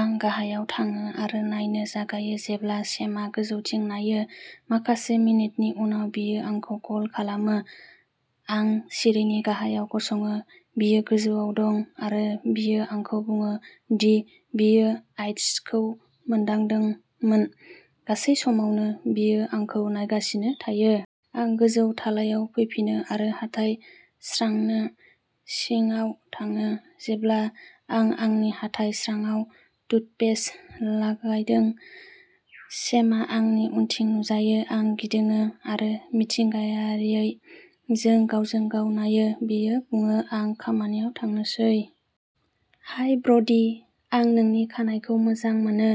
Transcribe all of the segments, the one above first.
आं गाहायाव थाङो आरो नायनो जागायो जेब्ला सेमआ गोजौथिं नायो। माखासे मिनिटनि उनाव, बियो आंखौ कल खालामो। आं सिरिनि गाहायाव गसङो, बियो गोजौआव दं, आरो बियो आंखौ बुङो दि बियो आइटासखौ मोनदोंमोन। गासै समावनो, बियो आंखौ नायगासिनो थायो। आं गोजौ थालायाव फैफिनो, आरो हाथाइ स्रांनो सिंकआव थाङो। जेब्ला आं आंनि हाथाइ स्रांआव टूथपेस्ट लागायदों, सेमआ आंनि उनथिं नुजायो। आं गिदिङो, आरो मिथिंगायारियै, जों गावजों गाव नायो। बियो बुङो, "आं खामानियाव थांनोसै। हाय ब्र'डी! आं नोंनि खानाइखौ मोजां मोनो।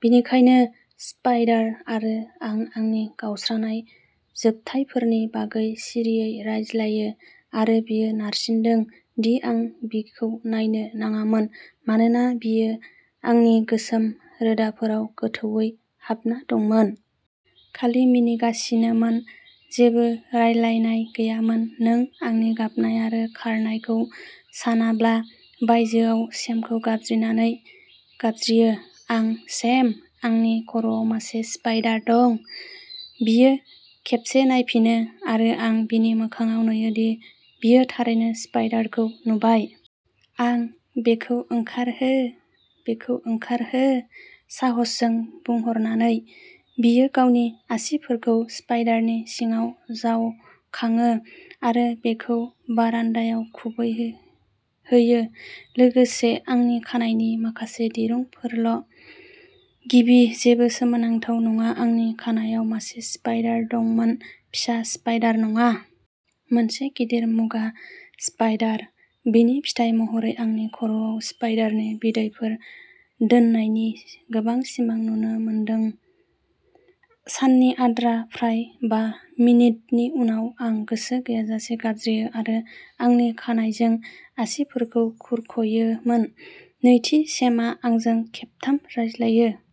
बेनिखायनो, स्पाइडार आरो आं आंनि गावस्रानाय जोबथायफोरनि बागै सिरियै रायज्लायो, आरो बियो नारसिनदों दि आं बिखौ नायनो नाङामोन मानोना बियो आंनि गोसोम रोदाफोराव गोथौवै हाबना दंमोन। खालि मिनिगासिनोमोन। जेबो रायज्लायनाय गैयामोन। नों आंनि गाबनाय आरो खारनायखौ सानाब्ला। बायजोआव, सेमखौ गाबज्रिनानै गाबज्रियो। आंः "सेम! आंनि खर'आव मासे स्पाइडार दं! " बियो खेबसे नायफिनो, आरो आं बिनि मोखांआव नुयो दि बियो थारैनो स्पाइडारखौ नुबाय। आंः "बेखौ ओंखारहो! बेखौ ओंखारहो! " साहसजों बुंहरनानै, बियो गावनि आसिफोरखौ स्पाइडारनि सिङाव जावखाङो, आरो बेखौ बारान्दाआव खुबैहोयो, लोगोसे आंनि खानाइनि माखासे दिरुंफोरल'। गिबि-जेबो सोमोनांथाव नङा-आंनि खानायाव मासे स्पाइडार दंमोन। फिसा स्पाइडार नङा। मोनसे गिदिर मुगा स्पाइडार। बेनि फिथाय महरै आंनि खर'आव स्पाइडारनि बिदैफोर दोननायनि गोबां सिमां नुनो मोनदों। साननि आद्रा, फ्राय बा मिनिटनि उनाव, आं गोसो गैयाजासे गाबज्रियो आरो आंनि खानाइजों आसिफोरखौ खुरख'योमोन। नैथि, सेमआ आंजों खेबथाम रायज्लायो।